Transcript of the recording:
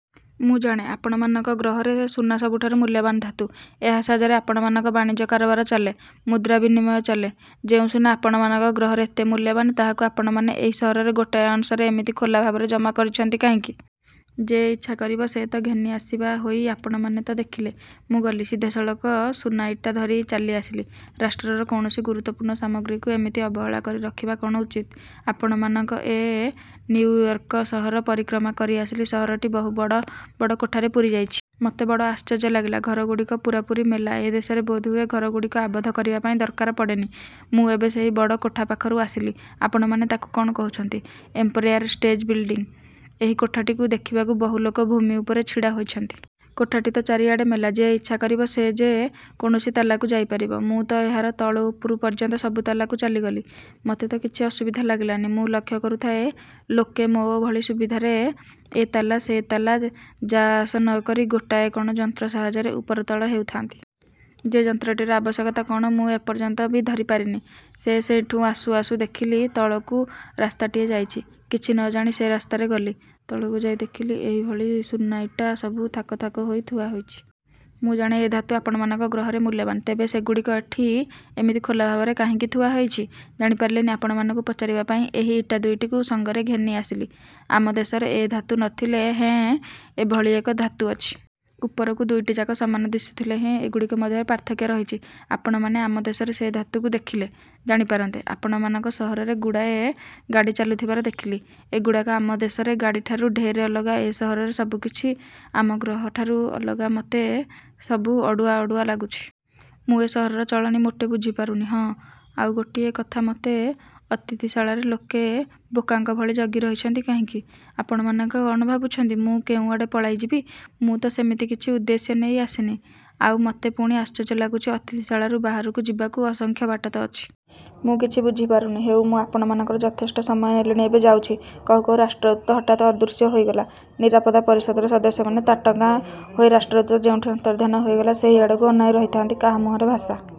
ମୁଁ ଜାଣେ ଆପଣମାନଙ୍କ ଗ୍ରହରେ ସୁନା ସବୁଠାରୁ ମୂଲ୍ୟବାନ ଧାତୁ। ଏହା ସାହାଯ୍ୟରେ ଆପଣମାନଙ୍କର ବାଣିଜ୍ୟ କାରବାର ଚାଲେ, ମୁଦ୍ରା ବିନିମୟ ଚାଲେ। ଯେଉଁ ସୁନା ଆପଣମାନଙ୍କ ଗ୍ରହରେ ଏତେ ମୂଲ୍ୟବାନ, ତାହାକୁ ଆପଣମାନେ ଏହି ସହରର ଗୋଟାଏ ଅଂଶରେ ଏମିତି ଖୋଲା ଭାବରେ ଜମା କରିଛନ୍ତି କାହିଁକି? ଯେ ଇଚ୍ଛା କରିବ ସେ ତ ଘେନି ଆସିବା ହୋଇ ଆପଣମାନେ ତ ଦେଖିଲେ ମୁଁ ଗଲି ସିଧାସଳଖ ସୁନାଇଟା ଧରି ଚାଲିଆସିଲି। ରାଷ୍ଟ୍ରର କୌଣସି ଗୁରୁତ୍ୱପୂର୍ଣ୍ଣ ସାମଗ୍ରୀକୁ ଏମିତି ଅବହେଳା କରି ରଖିବା କ'ଣ ଉଚିତ? ଆପଣମାନଙ୍କ ଏ ନିଉୟର୍କ ସହର ପରିକ୍ରମା କରି ଆସିଲି ସହରଟି ବହୁ ବଡ଼ ବଡ଼ କୋଠାରେ ପୂରିଯାଇଛି। ମୋତ ବଡ଼ ଆଶ୍ଚର୍ଯ୍ୟ ଲାଗିଲା ଘରଗୁଡ଼ିକ ପୂରାପୂରି ମେଲା ଏ ଦେଶରେ ବୋଧହୁଏ ଘରଗୁଡ଼ିକୁ ଆବଦ୍ଧ କରିବା ଦରକାର ପଡ଼େନି। ମୁଁ ଏବେ ସେହି ବଡ଼ କୋଠାପାଖରୁ ଆସିଲି। ଆପଣମାନେ ତାକୁ କ'ଣ କହୁଛନ୍ତି, ଏମ୍ପାୟାରଷ୍ଟେଟ୍ ବିଲଡିଂ। ସେହି କୋଠାଟିକୁ ଦେଖିବାକୁ ବହୁଲୋକ ଭୂମି ଉପରେ ଛିଡ଼ା ହୋଇଛନ୍ତି। କୋଠାଟି ତ ଚାରିଆଡ଼େ ମେଲା ଯେ ଇଚ୍ଛା କରିବ ସେ ଯେ କୌଣସି ତାଲାକୁ ଯାଇପାରିବ। ମୁଁ ତ ଏହାର ତଳୁ ଉପର ପର୍ଯ୍ୟନ୍ତ ସବୁ ତାଲାକୁ ଚାଲିଗଲି। ମୋତେ ତ କିଛି ଅସୁବିଧା ଲାଗିଲାନି। ମୁଁ ଲକ୍ଷ୍ୟ କରୁଥାଏ, ଲୋକେ ମୋ ଭଳି ସୁବିଧାରେ ଏ ତାଲା ସେ ତାଲା ଯା-ଆସ ନ କରି ଗୋଟାଏ କ'ଣ ଯନ୍ତ୍ର ସାହାଯ୍ୟରେ ଉପରତଳ ହେଉଥାନ୍ତି। ସେ ଯନ୍ତ୍ରଟିର ଆବଶ୍ୟକତା କଅଣ ମୁଁ ଏ ପର୍ଯ୍ୟନ୍ତ ବି ଧରିପାରିନି। ସେ ସେଠୁଁ ଆସୁଁ ଆସୁଁ ଦେଖିଲି ତଳକୁ ରାସ୍ତାଟିଏ ଯାଇଛି। କିଛି ନ ଜାଣି ସେହି ରାସ୍ତାରେ ଗଲି। ତଳକୁ ଯାଇଦେଖିଲି ଏହି ଭଳି ସୁନାଇଟା ସବୁ ଥାକ ଥାକ ହୋଇ ଥୁଆ ହୋଇଛି। ମୁଁ ଜାଣେ ଏ ଧାତୁ ଆପଣମାନଙ୍କ ଗ୍ରହରେ ମୂଲ୍ୟବାନ। ତେବେ ସେଗୁଡ଼ିକ ଏଠି ଏମିତି ଖୋଲାଭାବରେ କାହିଁକି ଥୁଆହୋଇଛି ଜାଣିପାରିଲିନି ଆପଣମାନଙ୍କୁ ପଚାରିବା ପାଇଁ ଏହି ଇଟା ଦୁଇଟିକୁ ସଙ୍ଗରେ ଘେନିଆସିଲି। ଆମ ଦେଶରେ ଏ ଧାତୁ ନ ଥିଲେ ହେଁ ଏଭଳି ଏକ ଧାତୁ ଅଛି। ଉପରକୁ ଦୁଇଟିଯାକ ସମାନ ଦିଶୁଥିଲେ ହେଁ ଏଗୁଡ଼ିକ ମଧ୍ୟରେ ପାର୍ଥକ୍ୟ ରହିଛି। ଆପଣମାନେ ଆମଦେଶର ସେ ଧାତୁକୁ ଦେଖିଲେ ଜାଣିପାରନ୍ତେ। ଆପଣମାନଙ୍କ ସହରରେ ଗୁଡ଼ାଏ ଗାଡ଼ି ଚାଲୁଥିବାର ଦେଖିଲି। ଏଗୁଡ଼ାକ ଆମ ଦେଶରେ ଗାଡ଼ିଠାରୁ ଢେର ଅଲଗା ଏ ସହରର ସବୁ କିଛି ଆମ ଗ୍ରହଠାରୁ ଅଲଗା ମୋତେ ସବୁ ଅଡ଼ୁଆ ଅଡ଼ୁଆ ଲାଗୁଛି। ମୁଁ ଏ ସହରର ଚଳଣି ମୋଟେ ବୁଝି ପାରୁନି। ହଁ ଆଉ ଗୋଟିଏ କଥା ମୋତେ ଅତିଥିଶାଳାରେ ଲୋକେ ବୋକାଙ୍କ ଭଳି ଜଗି ରହିଛନ୍ତି କାହିଁକି? ଆପଣମାନେ କ'ଣ ଭାବୁଛନ୍ତି ମୁଁ କେଉଁଆଡ଼େ ପଳାଇଯିବି? ମୁଁ ତ ସେମିତି କିଛି ଉଦ୍ଦେଶ୍ୟ ନେଇ ଆସିନି। ଆଉ ମୋତେ ପୁଣି ଆଶ୍ଚର୍ଯ୍ୟ ଲାଗୁଛି ଅତିଥିଶାଳାରୁ ବାହାରକୁ ଯିବାକୁ ଅସଂଖ୍ୟ ବାଟ ତ ଅଛି। ମୁଁ କିଛି ବୁଝିପାରୁନି। ହେଉ ମୁଁ ଆପଣମାନଙ୍କର ଯଥେଷ୍ଟ ସମୟ ନେଲିଣି ଏବେ ଯାଉଛି। କହୁ କହୁ ରାଷ୍ଟ୍ରଦୂତ ହଠାତ୍ ଅଦୃଶ୍ୟ ହୋଇଗଲା ନିରାପତ୍ତାପରିଷଦର ସଦସ୍ୟମାନେ ତାଟଙ୍ଗା ହୋଇ ରାଷ୍ଟ୍ରଦୂତ ଯେଉଁଠି ଅନ୍ତର୍ଦ୍ଧାନ ହୋଇଗଲା ସେହି ଆଡ଼କୁ ଅନାଇ ରହିଥାନ୍ତି। କାହା ମୁହଁରେ ଭାଷା